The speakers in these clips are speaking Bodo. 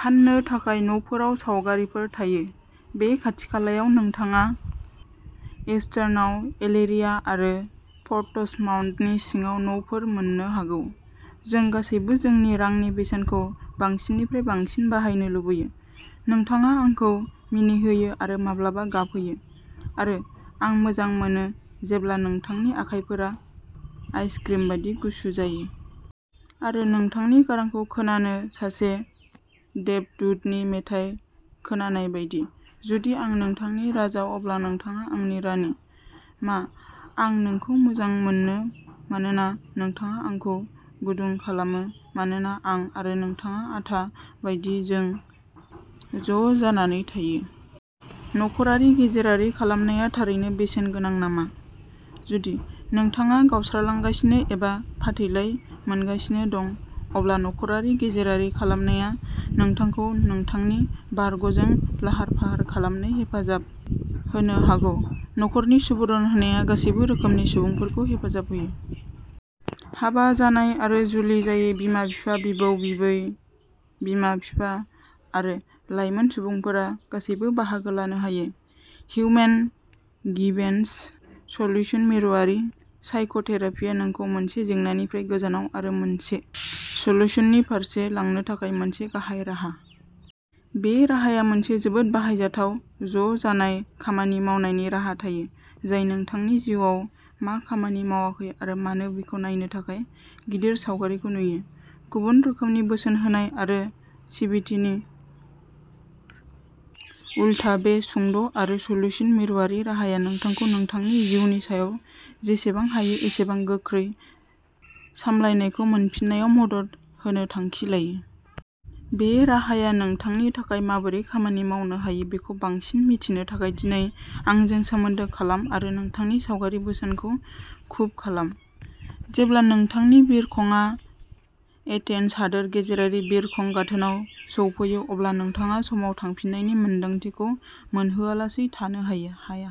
फान्नो थाखाय न'फोराव सावगारिफोर थायो। बे खाथिखालायाव नोंथाङा इस्टार्नआव एलिरिया आरो पोर्टसमाउथनि सिङाव न'फोर मोन्नो हागौ। जों गासैबो जोंनि रांनि बेसेनखौ बांसिननिफ्राय बांसिन बाहायनो लुबैयो। नोंथाङा आंखौ मिनिहोयो आरो माब्लाबा गाबहोयो। आरो आं मोजां मोनो जेब्ला नोंथांनि आखाइफोरा आइसक्रिम बायदि गुसु जायो। आरो नोंथांनि गारांखौ खोनानो सासे देबदूतनि मेथाइ खोनानाय बायदि। जुदि आं नोंथांनि राजा अब्ला नोंथाङा आंनि रानि। मा आं नोंखौ मोजां मोनो मानोना नोंथाङा आंखौ गुदुं खालामो। मानोना आं आरो नोंथाङा आथा बायदि जों ज'जानानै थायो। नख'रारि गेजेरारि खालामनाया थारैनो बेसेन गोनां नामा? जुदि नोंथाङा गावस्रालांगासिनो एबा फाथैलाइ मोनगासिनो दं। अब्ला नख'रारि गेजेरारि खालामनाया नोंथांखौ नोंथांनि बारग'जों लाहार-फाहार खालामनो हेफाजाब होनो हागौ। नखरनि सुबुरुन होनाया गासैबो रोखोमनि सुबुंफोरखौ हेफाजाब होयो। हाबा जानाय आरो जुलि जायै बिमा-बिफा, बिबौ-बिबौ, बिमा-बिफा आरो लाइमोन सुबुंफोरा गासैबो बाहागो लानो हायो। हिउमेन गिभेन्स सलयुशन मिरुआरि साइक'थेरापिआ नोंखौ मोनसे जेंनानिफ्राय गोजानाव आरो मोनसे सल्युसननि फारसे लांनो थाखाय मोनसे गाहाय राहा। बे राहाया मोनसे जोबोद बाहायजाथाव ज'जानाय खामानि मावनायनि राहा होयो जाय नोंथांनि जिउआव मा खामानि मावाखै आरो मानो बेखौ नायनो थाखाय गिदिर सावगारिखौ नायो। गुबुन रोखोमनि बोसोन होनाय आरो सिबिटिनि उलथा बे सुंद'आरो सलयुशन मिरुआरि राहाआ नोंथांखौ नोंथांनि जिउनि सायाव जेसेबां हायो एसेबां गोख्रै सामलायनायखौ मोनफिननायाव मदद होनो थांखि लायो। बे राहाया नोंथांनि थाखाय माबोरै खामानि मावनो हायो बेखौ बांसिन मिथिनो थाखाय दिनै आंजों सोमोन्दो खालाम आरो नोंथांनि गावारि बोसोनखौ बुक खालाम। जेब्ला नोंथांनि बिरखंआ एथेन्स हादोर गेजेरारि बिरखं गाथोनाव सौफैयो अब्ला नोंथाङा समाव थांफिननायनि मोनदांथिखौ मोनहोआलासै थानो हाया।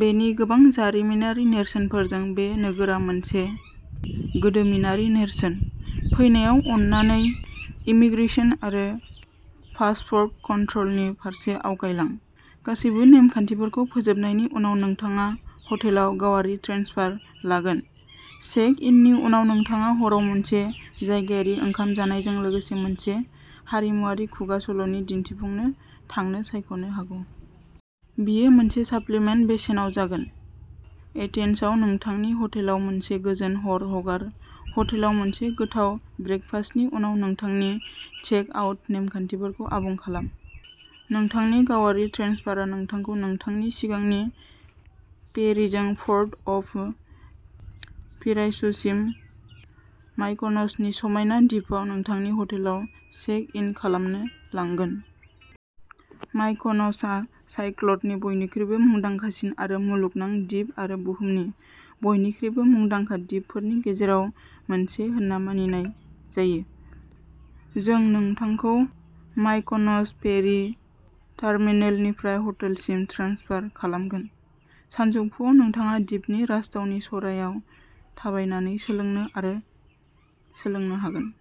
बेनि गोबां जारिमिनारि नेरसोनफोरजों बे नोगोरा मोनसे गोदोमिनारि नेरसोन। फैनायाव अननानै इमिग्रेशन आरो पासपोर्ट कनट्र'लनि फारसे आवगायलां। गासैबो नेमखान्थिफोरखौ फोजोबनायनि उनाव नोंथाङा हटेलाव गावारि ट्रेनसफार लागोन। चेक-इननि उनाव नोंथाङा हराव मोनसे जायगायारि ओंखाम जानायजों लोगोसे मोनसे हारिमुआरि खुगा सल'नि दिन्थिफुंनो थांनो सायख'नो हागौ। बेयो मोनसे साप्लिमेन्ट बेसेनआव जागोन। एथेन्सआव नोंथांनि हटेलाव मोनसे गोजोन हर हगार। हटेलाव मोनसे गोथाव ब्रेकफास्टनि उनाव नोंथांनि चेक-आउट नेमखान्थिफोरखौ आबुं खालाम। नोंथांनि गावारि ट्रेनसफारआ नोंथांखौ नोंथांनि सिगांनि फेरिजों पोर्ट अफ पिरायससिम मायकन'सनि समायना दिपआव नोंथांनि हटेलाव चेक-इन खालामनो लांगोन। मायकन'सआ साइक्लेड्सनि बयनिख्रुइबो मुंदांखासिन आरो मुलुगनां दिप आरो बुहुमनि बयनिख्रुइबो मुंदांखा दिपफोरनि गेजेराव मोनसे होनना मानिनाय जायो। जों नोंथांखौ मायकन'स फेरि टार्मिनेलनिफ्राय हटेलसिम ट्रेन्सफार खालामगोन। सानजौफुआव नोंथाङा दिपनि राजथावनि च'रायाव थाबायनानै सोलोंनो आरो सोलोंनो हागोन।